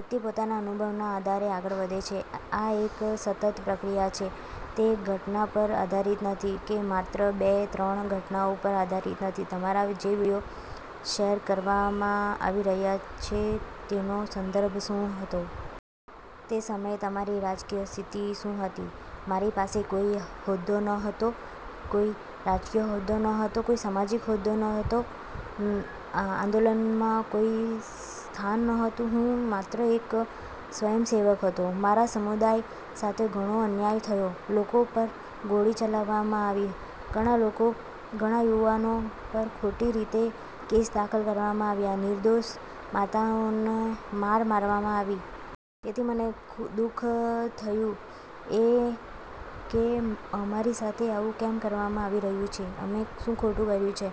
વ્યક્તિ પોતાના અનુભવના આધારે આગળ વધે છે. આ એક સતત પ્રક્રિયા છે. તે એક ઘટના પર આધારિત નથી કે માત્ર બે ત્રણ ઘટનાઓ પર આધારિત નથી. તમારા જે વીડિયો શેર કરવામાં આવી રહ્યા છે તેનો સંદર્ભ શું હતો? તે સમયે તમારી રાજકીય સ્થિતિ શું હતી? મારી પાસે કોઈ હોદ્દો નહોતો, કોઈ રાજકીય હોદ્દો નહોતો, કોઈ સામાજિક હોદ્દો નહોતો, આંદોલનમાં કોઈ સ્થાન ન્હોતું, હું માત્ર એક સ્વયંસેવક હતો. મારા સમુદાય સાથે ઘણો અન્યાય થયો, લોકો પર ગોળી ચલાવવામાં આવી, ઘણા યુવાનો પર ખોટી રીતે કેસ દાખલ કરવામાં આવ્યા, નિર્દોષ માતાઓને માર મારવામાં આવી. તેથી મને દુઃખ થયું કે અમારી સાથે આવું કેમ કરવામાં આવી રહ્યું છે, અમે શું ખોટું કર્યું છે.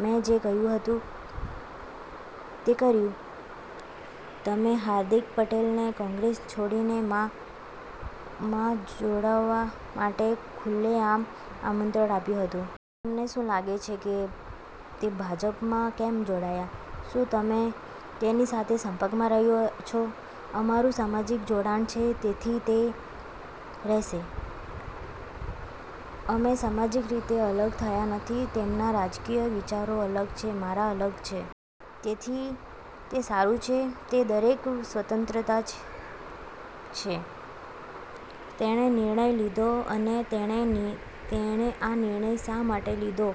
મેં જે કહ્યું તે કહ્યું. તમે હાર્દિક પટેલને કોંગ્રેસ છોડીને માં જોડાવા માટે ખુલ્લેઆમ આમંત્રણ આપ્યું હતું. તમને શું લાગે છે કે તે ભાજપમાં કેમ જોડાયા? શું તમે તેની સાથે સંપર્કમાં રહ્યા છો? અમારું સામાજિક જોડાણ છે, તેથી તે રહેશે. અમે સામાજિક રીતે અલગ થયા નથી. તેમના રાજકીય વિચારો અલગ છે, મારા અલગ છે. તેથી તે સારું છે. તે દરેકની સ્વતંત્રતા છે. તેણે નિર્ણય લીધો અને તેણે આ નિર્ણય શા માટે લીધો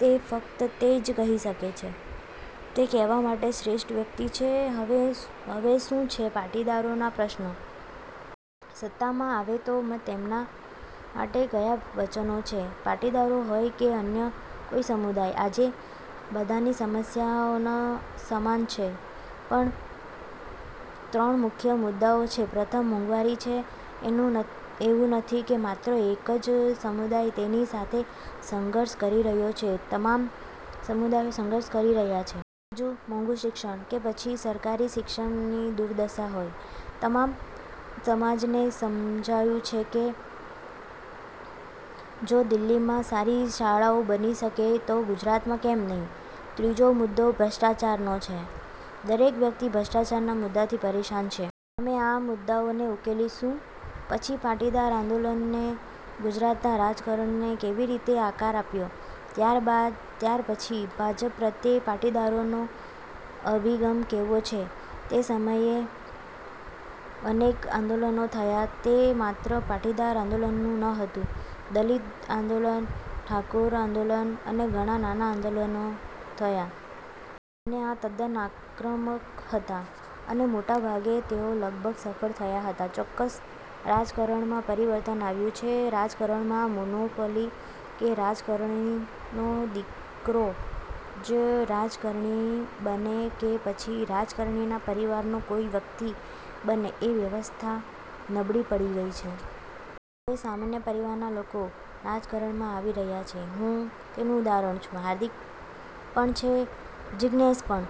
તે ફક્ત તે જ કહી શકે છે. તે કહેવા માટે શ્રેષ્ઠ વ્યક્તિ છે. હવે શું છે પાટીદારોના પ્રશ્નો? સત્તામાં આવે તો તેમના માટે કયા વચનો છે? પાટીદારો હોય કે અન્ય કોઈ સમુદાય. આજે બધાની સમસ્યાઓ સમાન છે. ત્રણ મુખ્ય મુદ્દાઓ છે. પ્રથમ મોંઘવારી છે. એવું નથી કે માત્ર એક જ સમુદાય તેની સાથે સંઘર્ષ કરી રહ્યો છે, તમામ સમુદાયો સંઘર્ષ કરી રહ્યા છે. બીજું મોંઘું શિક્ષણ કે પછી સરકારી શિક્ષણની દુર્દશા હોય. તમામ સમાજને સમજાયું છે કે જો દિલ્હીમાં સારી શાળાઓ બની શકે તો ગુજરાતમાં કેમ નહીં? ત્રીજો મુદ્દો ભ્રષ્ટાચારનો છે, દરેક વ્યક્તિ ભ્રષ્ટાચારના મુદ્દાથી પરેશાન છે. અમે આ મુદ્દાઓને ઉકેલીશું. પછી પાટીદાર આંદોલને ગુજરાતના રાજકારણને કેવી રીતે આકાર આપ્યો? ત્યારપછી ભાજપ પ્રત્યે પાટીદારોનો અભિગમ કેવો છે? તે સમયે અનેક આંદોલનો થયા, તે માત્ર પાટીદાર આંદોલન નહોતું. દલિત આંદોલન, ઠાકોર આંદોલન અને ઘણા નાના આંદોલનો થયા. અને આ તદ્દન આક્રમક હતા, અને મોટાભાગે તેઓ લગભગ સફળ થયા હતા. ચોક્કસ રાજકારણમાં પરિવર્તન આવ્યું છે. રાજકારણમાં મોનોપોલી કે રાજકારણીનો દીકરો જ રાજકારણી બને કે પછી રાજકારણીના પરિવારનો કોઈ વ્યક્તિ બને એ વ્યવસ્થા નબળી પડી ગઈ છે. હવે સામાન્ય પરિવારના લોકો રાજકારણમાં આવી રહ્યા છે. હું તેનું ઉદાહરણ છું, હાર્દિક પણ છે, જિગ્નેશ પણ